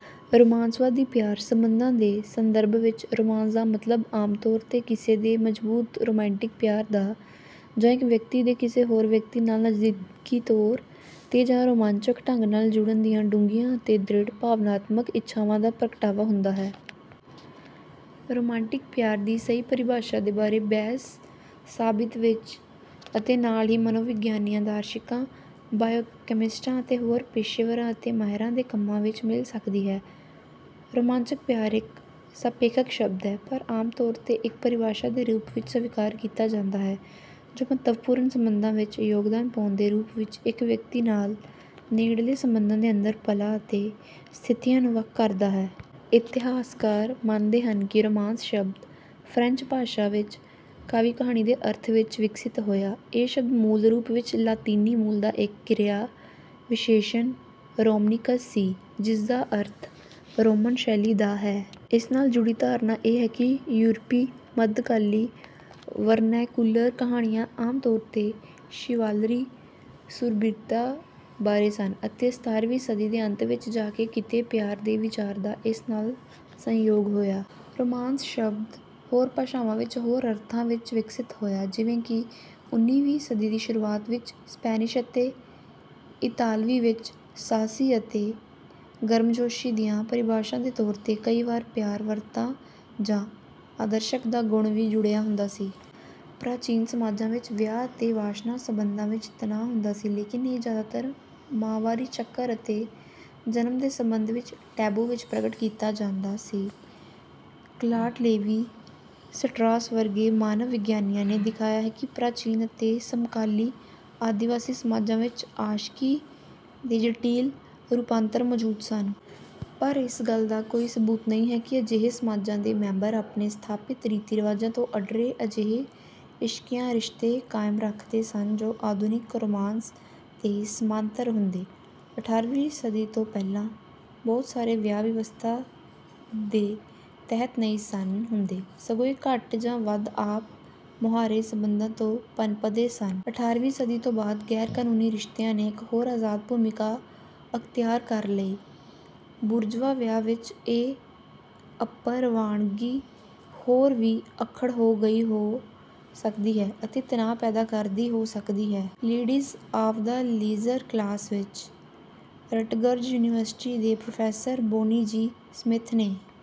ਰੋਮਾਂਸਵਾਦੀ ਪਿਆਰ ਸੰਬੰਧਾਂ ਦੇ ਸੰਦਰਭ ਵਿੱਚ, ਰੋਮਾਂਸ ਦਾ ਮਤਲਬ ਆਮ ਤੌਰ ਤੇ ਕਿਸੇ ਦੇ ਮਜ਼ਬੂਤ ਰੁਮਾਂਟਿਕ ਪਿਆਰ ਦਾ, ਜਾਂ ਇੱਕ ਵਿਅਕਤੀ ਦੇ ਕਿਸੇ ਹੋਰ ਵਿਅਕਤੀ ਨਾਲ ਨਜ਼ਦੀਕੀ ਤੌਰ ਤੇ ਜਾਂ ਰੋਮਾਂਚਕ ਢੰਗ ਨਾਲ ਜੁੜਨ ਦੀਆਂ ਡੂੰਘੀਆਂ ਅਤੇ ਦ੍ਰਿੜ ਭਾਵਨਾਤਮਕ ਇੱਛਾਵਾਂ ਦਾ ਪ੍ਰਗਟਾਵਾ ਹੁੰਦਾ ਹੈ। ਰੋਮਾਂਟਿਕ ਪਿਆਰ ਦੀ ਸਹੀ ਪਰਿਭਾਸ਼ਾ ਦੇ ਬਾਰੇ ਬਹਿਸ ਸਾਹਿਤ ਵਿੱਚ ਅਤੇ ਨਾਲ ਹੀ ਮਨੋਵਿਗਿਆਨੀਆਂ, ਦਾਰਸ਼ਨਿਕਾਂ, ਬਾਇਓਕੈਮਿਸਟਾਂ ਅਤੇ ਹੋਰ ਪੇਸ਼ੇਵਰਾਂ ਅਤੇ ਮਾਹਿਰਾਂ ਦੇ ਕੰਮਾਂ ਵਿੱਚ ਮਿਲ ਸਕਦੀ ਹੈ। ਰੁਮਾਂਚਕ ਪਿਆਰ ਇੱਕ ਸਾਪੇਖਕ ਸ਼ਬਦ ਹੈ, ਪਰ ਆਮ ਤੌਰ ਤੇ ਇੱਕ ਪਰਿਭਾਸ਼ਾ ਦੇ ਰੂਪ ਵਿੱਚ ਸਵੀਕਾਰ ਕੀਤਾ ਜਾਂਦਾ ਹੈ ਜੋ ਮਹੱਤਵਪੂਰਣ ਸੰਬੰਧਾਂ ਵਿੱਚ ਯੋਗਦਾਨ ਪਾਉਣ ਦੇ ਰੂਪ ਵਿੱਚ ਇੱਕ ਵਿਅਕਤੀ ਨਾਲ ਨੇੜਲੇ ਸੰਬੰਧਾਂ ਦੇ ਅੰਦਰ ਪਲਾਂ ਅਤੇ ਸਥਿਤੀਆਂ ਨੂੰ ਵੱਖ ਕਰਦਾ ਹੈ। ਇਤਿਹਾਸਕਾਰ ਮੰਨਦੇ ਹਨ ਕਿ "ਰੋਮਾਂਸ" ਸ਼ਬਦ ਫ੍ਰੈਂਚ ਭਾਸ਼ਾ ਵਿੱਚ "ਕਾਵਿ ਕਹਾਣੀ" ਦੇ ਅਰਥ ਵਿੱਚ ਵਿਕਸਿਤ ਹੋਇਆ। ਇਹ ਸ਼ਬਦ ਮੂਲ ਰੂਪ ਵਿੱਚ ਲਾਤੀਨੀ ਮੂਲ ਦਾ ਇੱਕ ਕਿਰਿਆ-ਵਿਸ਼ੇਸ਼ਣ "ਰੋਮਨੀਕਸ" ਸੀ, ਜਿਸਦਾ ਅਰਥ "ਰੋਮਨ ਸ਼ੈਲੀ ਦਾ" ਹੈ। ਇਸ ਨਾਲ ਜੁੜੀ ਧਾਰਨਾ ਇਹ ਹੈ ਕਿ ਯੂਰਪੀ ਮੱਧਕਾਲੀ ਵਰਨੈਕੂਲਰ ਕਹਾਣੀਆਂ ਆਮ ਤੌਰ ਤੇ ਸ਼ਿਵਾਲਰੀ ਸੂਰਬੀਰਤਾ ਬਾਰੇ ਸਨ ਅਤੇ ਸਤਾਰ੍ਹਵੀਂ ਸਦੀ ਦੇ ਅੰਤ ਵਿੱਚ ਜਾ ਕੇ ਕਿਤੇ ਪਿਆਰ ਦੇ ਵਿਚਾਰ ਦਾ ਇਸ ਨਾਲ ਸੰਯੋਗ ਹੋਇਆ। ਰੋਮਾਂਸ ਸ਼ਬਦ ਹੋਰ ਭਾਸ਼ਾਵਾਂ ਵਿੱਚ ਹੋਰ ਅਰਥਾਂ ਵਿੱਚ ਵਿਕਸਿਤ ਹੋਇਆ, ਜਿਵੇਂ ਕਿ ਉਨ੍ਹੀਵੀਂ ਸਦੀ ਦੀ ਸ਼ੁਰੂਆਤ ਵਿੱਚ ਸਪੈਨਿਸ਼ ਅਤੇ ਇਤਾਲਵੀ ਵਿੱਚ "ਸਾਹਸੀ" ਅਤੇ "ਗਰਮਜੋਸ਼ੀ" ਦੀਆਂ ਪਰਿਭਾਸ਼ਾਵਾਂ ਦੇ ਤੌਰ ਤੇ, ਕਈ ਵਾਰ "ਪਿਆਰ-ਵਾਰਤਾ" ਜਾਂ "ਆਦਰਸ਼ਕ ਦਾ ਗੁਣ" ਵੀ ਜੁੜਿਆ ਹੁੰਦਾ ਸੀ। ਪ੍ਰਾਚੀਨ ਸਮਾਜਾਂ ਵਿੱਚ, ਵਿਆਹ ਅਤੇ ਵਾਸ਼ਨਾ ਸਬੰਧਾਂ ਵਿੱਚ ਤਣਾਅ ਹੁੰਦਾ ਸੀ, ਲੇਕਿਨ ਇਹ ਜਿਆਦਾਤਰ ਮਾਹਵਾਰੀ ਚੱਕਰ ਅਤੇ ਜਨਮ ਦੇ ਸੰਬੰਧ ਵਿੱਚ ਟੈਬੂ ਵਿੱਚ ਪ੍ਰਗਟ ਕੀਤਾ ਜਾਂਦਾ ਸੀ। ਕਲਾਡ ਲੇਵੀ-ਸਟਰਾਸ ਵਰਗੇ ਮਾਨਵ-ਵਿਗਿਆਨੀਆਂ ਨੇ ਦਿਖਾਇਆ ਹੈ ਕਿ ਪ੍ਰਾਚੀਨ ਅਤੇ ਸਮਕਾਲੀ ਆਦਿਵਾਸੀ ਸਮਾਜਾਂ ਵਿੱਚ ਆਸ਼ਕੀ ਦੇ ਜਟਿਲ ਰੂਪਾਂਤਰ ਮੌਜੂਦ ਸਨ। ਪਰ ਇਸ ਗੱਲ ਦਾ ਕੋਈ ਸਬੂਤ ਨਹੀਂ ਹੈ ਕਿ ਅਜਿਹੇ ਸਮਾਜਾਂ ਦੇ ਮੈਂਬਰ ਆਪਣੇ ਸਥਾਪਿਤ ਰੀਤੀ-ਰਿਵਾਜਾਂ ਤੋਂ ਅੱਡਰੇ ਅਜਿਹੇ ਇਸ਼ਕੀਆ ਰਿਸ਼ਤੇ ਕਾਇਮ ਕਰਦੇ ਸਨ ਜੋ ਆਧੁਨਿਕ ਰੋਮਾਂਸ ਦੇ ਸਮਾਂਤਰ ਹੁੰਦੇ। ਅਠਾਰ੍ਹਵੀਂ ਸਦੀ ਤੋਂ ਪਹਿਲਾਂ, ਬਹੁਤ ਸਾਰੇ ਵਿਆਹ ਵਿਵਸਥਾ ਦੇ ਤਹਿਤ ਨਹੀਂ ਸਨ ਹੁੰਦੇ, ਸਗੋਂ ਇਹ ਘੱਟ ਜਾਂ ਵੱਧ ਆਪ-ਮੁਹਾਰੇ ਸਬੰਧਾਂ ਤੋਂ ਪਨਪਦੇ ਸਨ। ਅਠਾਰ੍ਹਵੀਂ ਸਦੀ ਤੋਂ ਬਾਅਦ, ਗੈਰ-ਕਾਨੂੰਨੀ ਰਿਸ਼ਤਿਆਂ ਨੇ ਇੱਕ ਹੋਰ ਆਜ਼ਾਦ ਭੂਮਿਕਾ ਅਖਤਿਆਰ ਕਰ ਲਈ। ਬੁਰਜ਼ਵਾ ਵਿਆਹ ਵਿੱਚ, ਇਹ ਅਪਰਵਾਨਗੀ ਹੋਰ ਵੀ ਅੱਖੜ ਹੋ ਗਈ ਹੋ ਸਕਦੀ ਹੈ ਅਤੇ ਤਣਾਅ ਪੈਦਾ ਕਰਦੀ ਹੋ ਸਕਦੀ ਹੈ। Ladies of the leisure class ਵਿੱਚ, ਰਟਗਰਜ਼ ਯੂਨੀਵਰਸਿਟੀ ਦੇ ਪ੍ਰੋਫੈਸਰ ਬੌਨੀ ਜੀ ਸਮਿੱਥ ਨੇ